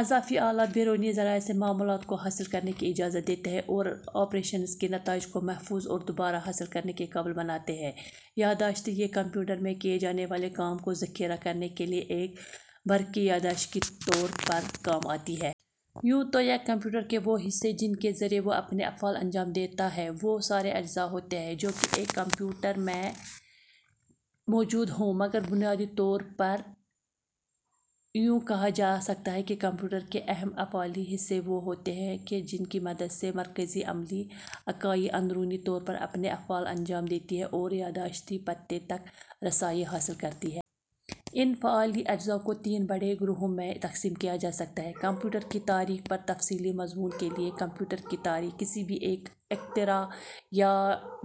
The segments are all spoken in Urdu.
اضافی آلات بیرونی ذرائع سے معلومات کو حاصل کرنے کی اجازت دیتے ہیں اور آپریشنز کے نتائج کو محفوظ اور دوبارہ حاصل کرنے کے قابل بناتے ہیں۔ یاداشت ، یہ کمپیوٹر میں کیے جانے والے کام کو ذخیرہ کرنے کے لیے ایک برقی یاداشت کے طور پر کام آتی ہے۔ یوں تو یک کمپیوٹر کے وہ حصے جن کے ذریعہ وہ اپنے افعال انجام دیتا ہے وہ سارے اجزاء ہوتے ہیں جو ایک کمپیوٹر میں موجود ہوں۔ مگر بنیادی طور پر یوں کہا جا سکتا ہے کہ کمپیوٹر کے اہم افعالی حصے وہ ہوتے ہیں کہ جن کی مدد سے مرکزی عملی اکائی اندرونی طور پر اپنے افعال انجام دیتی ہے اور یاداشتی پتے تک رسائی حاصل کرسکتی ہے۔ ان فعالی اجزاء کو تین بڑے گروہوں میں تقسیم کیا جا سکتا ہے۔ کمپیوٹر کی تاریخ پر تفصیلی مضمون کے لیے کمپیوٹر کی تاریخ کسی بھی ایک اختراع یا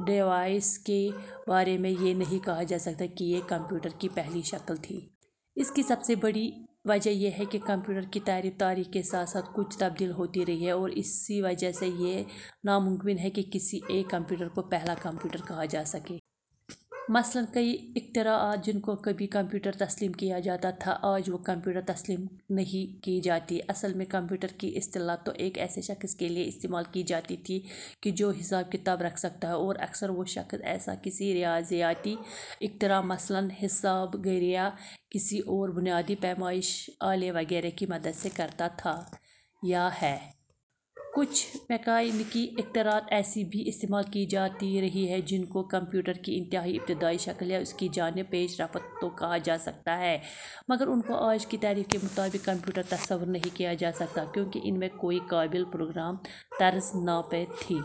ڈیوائس کے بارے میں یہ نہیں کہا جا سکتا کہ یہ کمپیوٹر کی پہلی شکل تھی۔ اس کی سب سے بڑی وجہ یہ ہے کہ کمپیوٹر کی تعریف تاریخ کے ساتھ ساتھ کچھ تبدیل ہوتی رہی ہے اور اسی وجہ سے یہ ناممکن ہے کہ کسی ایک کمپیوٹر کو پہلا کمپیوٹر کہا جاسکے۔ مثلاً کئی اختراعات جن کو کبھی کمپیوٹر تسلیم کیا جاتا تھا آج وہ کمپیوٹر تسلیم نہیں کی جاتیں۔ اصل میں کمپیوٹر کی اصطلاح تو ایک ایسے شخص کے لیے استعمال کی جاتی تھی کہ جو حساب کتاب رکھ سکتا ہو اور اکثر وہ شخص ایسا کسی ریاضیاتی اختراع مثلاً حسابگر یا کسی اور بنیادی پیمائشی آلے وغیرہ کی مدد سے کرتا تھا یا ہے۔ کچھ میکانیکی اختراعات ایسی بھی استعمال کی جاتی رہی ہیں جن کو کمپیوٹر کی انتہائی ابتدائی شکل یا اس کی جانب پیش رفت تو کہا جا سکتا ہے مگر ان کو آج کی تعریف کے مطابق کمپیوٹر تصور نہیں کیا جا سکتا کیونکہ ان میں کوئی قابل پروگرام طرز ناپید تھی۔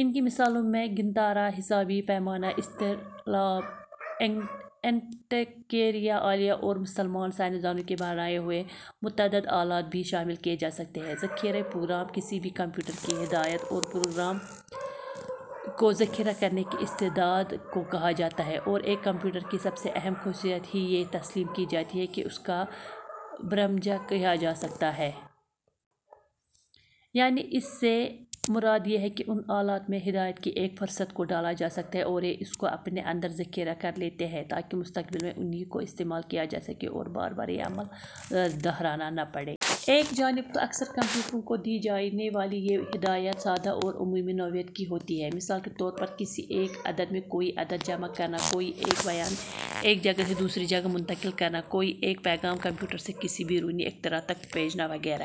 ان کی مثالوں میں گنتارا ، حسابی پیمانہ ، اسطرلاب ، انٹیکتیرا آلیہ اور مسلمان سائنسدانوں کے بنائے ہوئے متعدد آلات بھی شامل کیے جا سکتے ہیں،۔ ذخیرۂ پروگرام کسی بھی کمپیوٹر کی ہدایات اور پروگرامز کو ذخیرہ کرنے کی استعداد کو کہا جاتا ہے اور ایک کمپیوٹر کی سب سے اہم خصوصیت ہی یہ تسلیم کی جاتی ہے کہ اس کو برمجہ کیا جا سکتا ہے۔ یعنی اس سے مراد یہ ہے کہ ان آلات میں ہدایات کی ایک فہرست کو ڈالا جا سکتا ہے اور یہ اس کو اپنے اندر ذخیرہ کرلیتے ہیں تاکہ مستقبل میں انھی کو استعمال کیا جاسکے اور بار بار یہ عمل دہرانا نہ پڑے۔ ایک جانب تو اکثر کمپیوٹروں کو دی جانے والی یہ ہدایات سادہ اور عمومی نوعیت کی ہوتی ہیں: مثال کے طور پر کسی ایک عدد میں کوئی عدد جمع کرنا، کوئی ایک بیان ایک جگہ سے دوسری جگہ منتقل کرنا، کوئی ایک پیغام کمپیوٹر سے کسی بیرونی اختراع تک بھیجنا وغیرہ۔